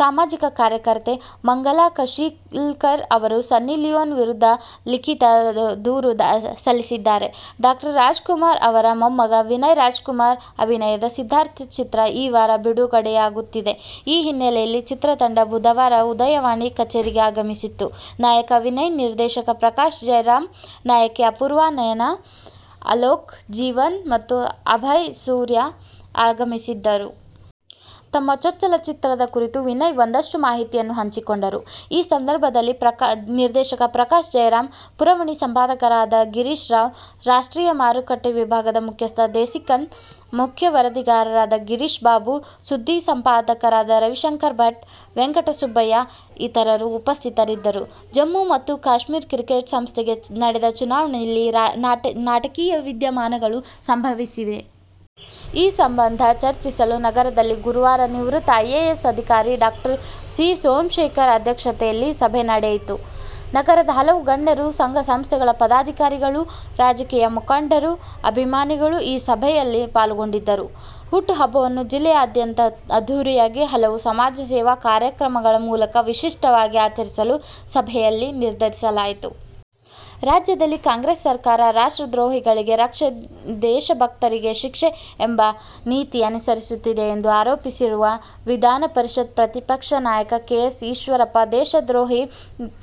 ಸಾಮಾಜಿಕ ಕಾರ್ಯಕರ್ತೆ ಮಂಗಲಾ ಕಶೀಲಕರ ಅವರು ಸನ್ನಿ ಲಿಯೋನ್ ವಿರುದ್ಧ ಲಿಖೀತ ದೂರು ಸಲ್ಲಿಸಿದ್ದಾರೆ. ಡಾ ರಾಜ್ಕುಮಾರ್ ಅವರ ಮೊಮ್ಮಗ ವಿನಯ್ ರಾಜ್ಕುಮಾರ್ ಅಭಿನಯದ "ಸಿದ್ಧಾರ್ಥ' ಚಿತ್ರ ಈ ವಾರ ಬಿಡುಗಡೆಯಾಗುತ್ತಿದೆ. ಈ ಹಿನ್ನೆಲೆಯಲ್ಲಿ ಚಿತ್ರತಂಡ ಬುಧವಾರ "ಉದಯವಾಣಿ' ಕಚೇರಿಗೆ ಆಗಮಿಸಿತ್ತು. ನಾಯಕ ವಿನಯ್, ನಿರ್ದೇಶಕ ಪ್ರಕಾಶ್ ಜಯರಾಮ್, ನಾಯಕಿ ಅಪೂರ್ವ, ನಯನಾ, ಅಲೋಕ್, ಜೀವನ್ ಮತ್ತು ಅಭಯ್ ಸೂರ್ಯ ಆಗಮಿಸಿದ್ದರು. ತಮ್ಮ ಚೊಚ್ಚಲ ಚಿತ್ರದ ಕುರಿತು ವಿನಯ್ ಒಂದಷ್ಟು ಮಾಹಿತಿ ಹಂಚಿಕೊಂಡರು. ಈ ಸಂದರ್ಭದಲ್ಲಿ ನಿರ್ದೇಶಕ ಪ್ರಕಾಶ್ ಜಯರಾಮ್, ಪುರವಣಿ ಸಂಪಾದಕರಾದ ಗಿರೀಶ್ರಾವ್, ರಾಷ್ಟ್ರೀಯ ಮಾರುಕಟ್ಟೆ ವಿಭಾಗದ ಮುಖ್ಯಸ್ಥ ದೇಸಿಕನ್, ಮುಖ್ಯ ವರದಿಗಾರರಾದ ಗಿರೀಶ್ ಬಾಬು, ಸುದ್ದಿ ಸಂಪಾದಕರಾದ ರವಿಶಂಕರ್ ಭಟ್, ವೆಂಕಟಸುಬ್ಬಯ್ಯ ಇತರರು ಉಪಸ್ಥಿತರಿದ್ದರು. ಜಮ್ಮು ಮತ್ತು ಕಾಶ್ಮೀರ ಕ್ರಿಕೆಟ್ ಸಂಸ್ಥೆಗೆ ನಡೆದ ಚುನಾವಣೆಯಲ್ಲಿ ನಾಟಕೀಯ ವಿದ್ಯಮಾನಗಳು ಸಂಭವಿಸಿವೆ. ಈ ಸಂಬಂಧ ಚರ್ಚಿಸಲು ನಗರದಲ್ಲಿ ಗುರುವಾರ ನಿವೃತ್ತ ಐಎಎಸ್ ಅಧಿಕಾರಿ ಡಾ. ಸಿ. ಸೋಮಶೇಖರ್ ಅಧ್ಯಕ್ಷತೆಯಲ್ಲಿ ಸಭೆ ನಡೆಯಿತು. ನಗರದ ಹಲವು ಗಣ್ಯರು, ಸಂಘ-ಸಂಸ್ಥೆಗಳ ಪದಾಧಿಕಾರಿಗಳು, ರಾಜಕೀಯ ಮುಖಂಡರು, ಅಭಿಮಾನಿಗಳು ಈ ಸಭೆಯಲ್ಲಿ ಪಾಲ್ಗೊಂಡಿದ್ದರು. ಹುಟ್ಟುಹಬ್ಬವನ್ನು ಜಿಲ್ಲೆಯಾದ್ಯಂತ ಅದ್ಧೂರಿಯಾಗಿ, ಹಲವು ಸಮಾಜಸೇವಾ ಕಾರ್ಯಕ್ರಮಗಳ ಮೂಲಕ ವಿಶಿಷ್ಟವಾಗಿ ಆಚರಿಸಲು ಸಭೆಯಲ್ಲಿ ನಿರ್ಧರಿಸಲಾಯಿತು. ರಾಜ್ಯದಲ್ಲಿ ಕಾಂಗ್ರೆಸ್ ಸರ್ಕಾರ "ರಾಷ್ಟ್ರ ದ್ರೋಹಿಗಳಿಗೆ ರಕ್ಷೆ-ದೇಶ ಭಕ್ತರಿಗೆ ಶಿಕ್ಷೆ' ಎಂಬ ನೀತಿ ಅನುಸರಿಸುತ್ತಿದೆ ಎಂದು ಆರೋಪಿಸಿರುವ ವಿಧಾನಪರಿಷತ್ ಪ್ರತಿಪಕ್ಷ ನಾಯಕ ಕೆ. ಎಸ್. ಈಶ್ವರಪ್ಪ, ದೇಶದ್ರೋಹಿ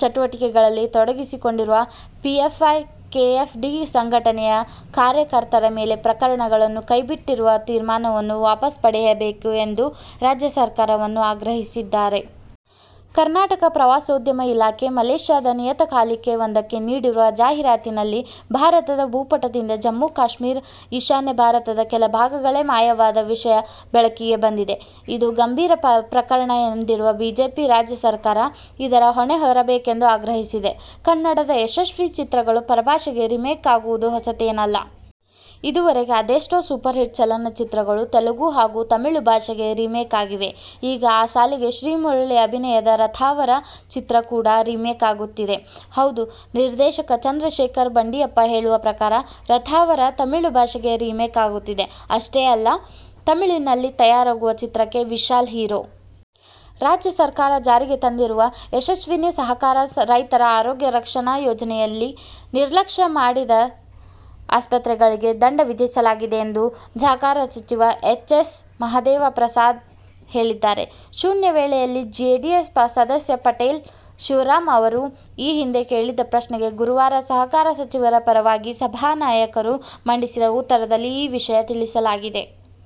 ಚಟುವಟಿಕೆಗಳಲ್ಲಿ ತೊಡಗಿಸಿಕೊಂಡಿರುವ ಪಿಎಫ್ಐ, ಕೆಎಫ್ಡಿ ಸಂಘಟನೆಯ ಕಾರ್ಯಕರ್ತರ ಮೇಲಿನ ಪ್ರಕರಣಗಳನ್ನು ಕೈಬಿಟ್ಟಿರುವ ತೀರ್ಮಾನವನ್ನು ವಾಪಸ್ ಪಡೆಯಬೇಕು ಎಂದು ರಾಜ್ಯ ಸರ್ಕಾರವನ್ನು ಆಗ್ರಹಿಸಿದ್ದಾರೆ. ಕರ್ನಾಟಕ ಪ್ರವಾಸೋದ್ಯಮ ಇಲಾಖೆ ಮಲೇಷ್ಯಾದ ನಿಯತಕಾಲಿಕೆ ಒಂದಕ್ಕೆ ನೀಡಿರುವ ಜಾಹೀರಾತಿನಲ್ಲಿ ಭಾರತದ ಭೂಪಟದಿಂದ ಜಮ್ಮು- ಕಾಶ್ಮೀರ, ಈಶಾನ್ಯ ಭಾರತದ ಕೆಲ ಭಾಗಗಳೇ ಮಾಯವಾದ ವಿಷಯ ಬೆಳಕಿಗೆ ಬಂದಿದೆ. ಇದು ಗಂಭೀರ ಪ್ರಕರಣ ಎಂದಿರುವ ಬಿಜೆಪಿ, ರಾಜ್ಯ ಸರ್ಕಾರ ಇದರ ಹೊಣೆ ಹೊರಬೇಕೆಂದು ಆಗ್ರಹಿಸಿದೆ. ಕನ್ನಡದ ಯಶಸ್ವಿ ಚಿತ್ರಗಳು ಪರಭಾಷೆಗೆ ರಿಮೇಕ್ ಆಗುವುದು ಹೊಸತೇನಲ್ಲ. ಇದುವರೆಗೆ ಅದೆಷ್ಟೋ ಸೂಪರ್ ಹಿಟ್ ಚಿತ್ರಗಳು ತೆಲುಗು ಹಾಗು ತಮಿಳು ಭಾಷೆಗೆ ರಿಮೇಕ್ ಆಗಿವೆ. ಈಗ ಆ ಸಾಲಿಗೆ ಶ್ರೀಮುರಳಿ ಅಭಿನಯದ "ರಥಾವರ' ಚಿತ್ರ ಕೂಡ ರಿಮೇಕ್ ಆಗುತ್ತಿದೆ. ಹೌದು, ನಿರ್ದೇಶಕ ಚಂದ್ರಶೇಖರ್ ಬಂಡಿಯಪ್ಪ ಹೇಳುವ ಪ್ರಕಾರ, "ರಥಾವರ' ತಮಿಳು ಭಾಷೆಗೆ ರಿಮೇಕ್ ಆಗುತ್ತಿದೆ. ಅಷ್ಟೇ ಅಲ್ಲ, ತಮಿಳಿನಲ್ಲಿ ತಯಾರಾಗುವ ಚಿತ್ರಕ್ಕೆ ವಿಶಾಲ್ ಹೀರೋ. ರಾಜ್ಯ ಸರ್ಕಾರ ಜಾರಿಗೆ ತಂದಿರುವ ಯಶಸ್ವಿನಿ ಸಹಕಾರ ರೈತರ ಆರೋಗ್ಯ ರಕ್ಷಣಾ ಯೋಜನೆಯಲ್ಲಿ ನಿರ್ಲಕ್ಷ್ಯ ತೋರಿದ ಆಸ್ಪತ್ರೆಗಳಿಗೆ ದಂಡ ವಿಧಿಸಲಾಗಿದೆ ಎಂದು ಸಹಕಾರ ಸಚಿವ ಎಚ್. ಎಸ್. ಮಹದೇವಪ್ರಸಾದ್ ಹೇಳಿದ್ದಾರೆ. ಶೂನ್ಯವೇಳೆಯಲ್ಲಿ ಜೆಡಿಎಸ್ ಸದಸ್ಯ ಪಟೇಲ್ ಶಿವರಾಮ್ ಅವರು ಈ ಹಿಂದೆ ಕೇಳಿದ್ದ ಪ್ರಶ್ನೆಗೆ ಗುರುವಾರ ಸಹಕಾರ ಸಚಿವರ ಪರವಾಗಿ ಸಭಾನಾಯಕರು ಮಂಡಿಸಿದ ಉತ್ತರದಲ್ಲಿ ಈ ವಿಷಯ ತಿಳಿಸಲಾಗಿದೆ.